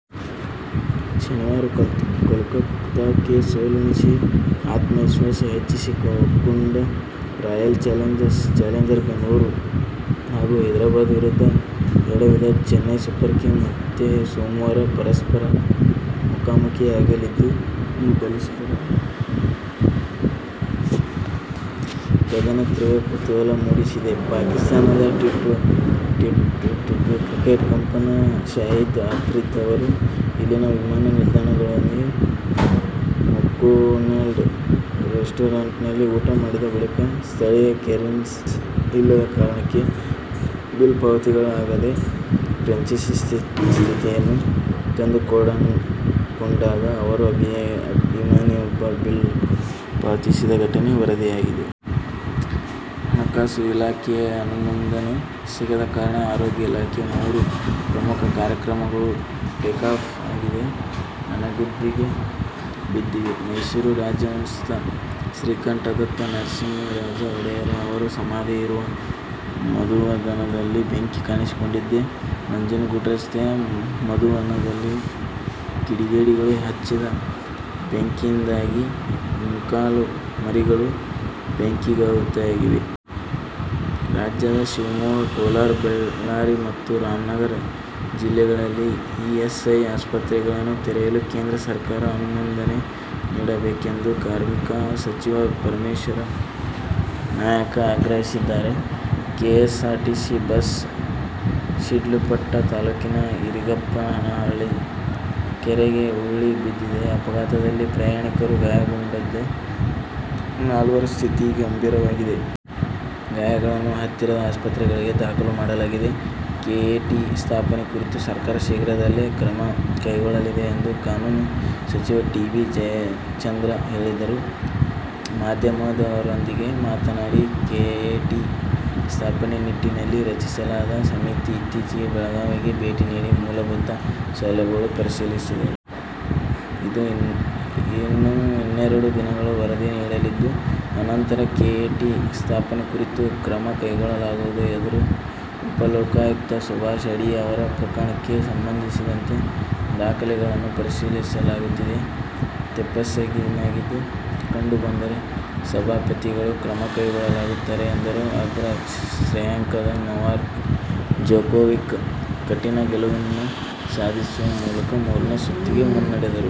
ಶನಿವಾರ ಕೋಲ್ಕತಾಕ್ಕೆ ಸೋಲುಣಿಸಿ ಆತ್ಮವಿಸ್ವಾಸ ಹೆಚ್ಚಿಸಿಒಕೊಂಡ ರಾಯಲ್ ಚಾಲೆಂಜರ್ ಬೆಂಗಳೂರು ಹಾಗೂ ಹೈದರಾಬಾದ್ ವಿರುದ್ಧ ಎಡವಿದ ಚೆನ್ನೈ ಸೂಪರ್ ಕಿಂಗ್ಸ್ ಮತ್ತೆ ಸೋಮವಾರ ಪರಸ್ಪರ ಮುಖಾಮುಖೀಯಾಗಲಿದ್ದು, ಈ ಬಲಿಷ್ಠರ ಕದನ ತೀವ್ರ ಕುತೂಹಲ ಮೂಡಿಸಿದೆ. ಪಾಕಿಸ್ಥಾನದ ಟ್ವೆಂಟಿ ಟ್ವೆಂಟಿ ಕ್ರಿಕೆಟ್ ಕಪ್ತಾನ ಶಾಹೀದ್ ಆಫ್ರಿದಿ ಅವರು ಇಲ್ಲಿನ ವಿಮಾನ ನಿಲ್ದಾಣದೊಳಗಿನ ಮೆಕ್ಡೊನಾಲ್ಡ್ ರೆಸ್ಟುರಾಂಟ್ನಲ್ಲಿ ಊಟ ಮಾಡಿದ ಬಳಿಕ ಸ್ಥಳೀಯ ಕರೆನ್ಸಿ ಇಲ್ಲದ ಕಾರಣಕ್ಕೆ ಬಿಲ್ ಪಾವತಿಸಲಾಗದೆ ಪೇಚಿನ ಸ್ಥಿತಿಯನ್ನು ತಂದುಕೊಂಡಾಗ ಅವರ ಅಭಿಮಾನಿಯೊಬ್ಬ ಬಿಲ್ ಪಾವತಿಸಿದ ಘಟನೆ ವರದಿಯಾಗಿದೆ. ಹಣಕಾಸು ಇಲಾಖೆಯ ಅನುಮೋದನೆ ಸಿಗದ ಕಾರಣ ಆರೋಗ್ಯ ಇಲಾಖೆಯ ಮೂರು ಪ್ರಮುಖ ಕಾರ್ಯಕ್ರಮಗಳು "ಟೇಕಾಫ್' ಆಗದೆ ನೆನೆಗುದಿಗೆ ಬಿದ್ದಿವೆ. ಮೈಸೂರು ರಾಜವಂಶಸ್ಥ ಶ್ರೀಕಂಠದತ್ತ ನರಸಿಂಹರಾಜ ಒಡೆಯರ್ ಅವರ ಸಮಾಧಿ ಇರುವ ಮಧುವನದಲ್ಲಿ ಬೆಂಕಿ ಕಾಣಿಸಿಕೊಂಡಿದೆ. ನಂಜನಗೂಡು ರಸ್ತೆಯ ಮಧುವನದಲ್ಲಿ ಕಿಡಿಗೇಡಿಗಳು ಹಚ್ಚಿದ ಬೆಂಕಿಯಿಂದಾಗಿ ಮೂರ್ನಾಲ್ಕು ಮರಗಳು ಬೆಂಕಿಗಾಹುತಿಯಾಗಿವೆ. ರಾಜ್ಯದ ಶಿವಮೊಗ್ಗ, ಕೋಲಾರ, ಬಳ್ಳಾರಿ ಮತ್ತು ರಾಮನಗರ ಜಿಲ್ಲೆಗಳಲ್ಲಿ ಇಎಸ್ಐ ಆಸ್ಪತ್ರೆಗಳನ್ನು ತೆರೆಯಲು ಕೇಂದ್ರ ಸರ್ಕಾರ ಅನುಮೋದನೆ ನೀಡಬೇಕೆಂದು ಕಾರ್ಮಿಕ ಸಚಿವ ಪರಮೇಶ್ವರ್ ನಾಯಕ ಆಗ್ರಹಿಸಿದ್ದಾರೆ. ಕೆಎಸ್ಆರ್ಟಿಸಿ ಬಸ್ ಶಿಡ್ಲಘಟ್ಟ ತಾಲೂಕಿನ ಇರಿಗಪ್ಪನಹಳ್ಳಿ ಕೆರೆಗೆ ಉರುಳಿ ಬಿದ್ದಿದೆ. ಅಪಘಾತದಲ್ಲಿ ಪ್ರಯಾಣಿಕರು ಗಾಯಗೊಂಡಿದ್ದು, ನಾಲ್ವರ ಸ್ಥಿತಿ ಗಂಭೀರವಾಗಿದೆ. ಗಾಯಾಳುಗಳನ್ನು ಹತ್ತಿರದ ಆಸ್ಪತ್ರೆಗಳಿಗೆ ದಾಖಲು ಮಾಡಲಾಗಿದೆ. ಕೆಎಟಿ ಸ್ಥಾಪನೆ ಕುರಿತು ಸರಕಾರ ಶೀಘ್ರದಲ್ಲೇ ಕ್ರಮ ಕೈಗೊಳ್ಳಲಿದೆ ಎಂದು ಕಾನೂನು ಸಚಿವ ಟಿ. ಬಿ. ಜಯಚಂದ್ರ ಹೇಳಿದರು. ಮಾಧ್ಯಮದವರೊಂದಿಗೆ ಮಾತನಾಡಿ, ಕೆಎಟಿ ಸ್ಥಾಪನೆ ನಿಟ್ಟಿನಲ್ಲಿ ರಚಿಸಲಾದ ಸಮಿತಿ ಇತ್ತೀಚೆಗೆ ಬೆಳಗಾವಿಗೆ ಭೇಟಿ ನೀಡಿ ಮೂಲಭೂತ ಸೌಲಭ್ಯಗಳನ್ನು ಪರಿಶೀಲಿಸಿದೆ. ಇದು ಇನ್ನೆರಡು ದಿನಗಳಲ್ಲಿ ವರದಿ ನೀಡಲಿದ್ದು, ಅನಂತರ ಕೆಎಟಿ ಸ್ಥಾಪನೆ ಕುರಿತು ಕ್ರಮ ಕೈಗೊಳ್ಳಲಾಗುವುದು ಎಂದರು. ಉಪ ಲೋಕಾಯುಕ್ತ ಸುಭಾಷ ಅಡಿ ಅವರ ಪ್ರಕರಣಕ್ಕೆ ಸಂಬಂಧಿಸಿದಂತೆ ದಾಖಲೆಗಳನ್ನು ಪರಿಶೀಲಿಸಲಾಗುತ್ತಿದೆ. ತಪ್ಪೆಸಗಿದ್ದು ಕಂಡು ಬಂದರೆ ಸಭಾಪತಿಗಳು ಕ್ರಮ ಕೈಗೊಳ್ಳುತ್ತಾರೆ ಎಂದರು. ಅಗ್ರ ಶ್ರೇಯಾಂಕದ ನೊವಾಕ್ ಜೊಕೋವಿಕ್ ಕಠಿನ ಗೆಲುವನ್ನು ಸಾಧಿಸುವ ಮೂಲಕ ಮೂರನೇ ಸುತ್ತಿಗೆ ಮುನ್ನಡೆದರು.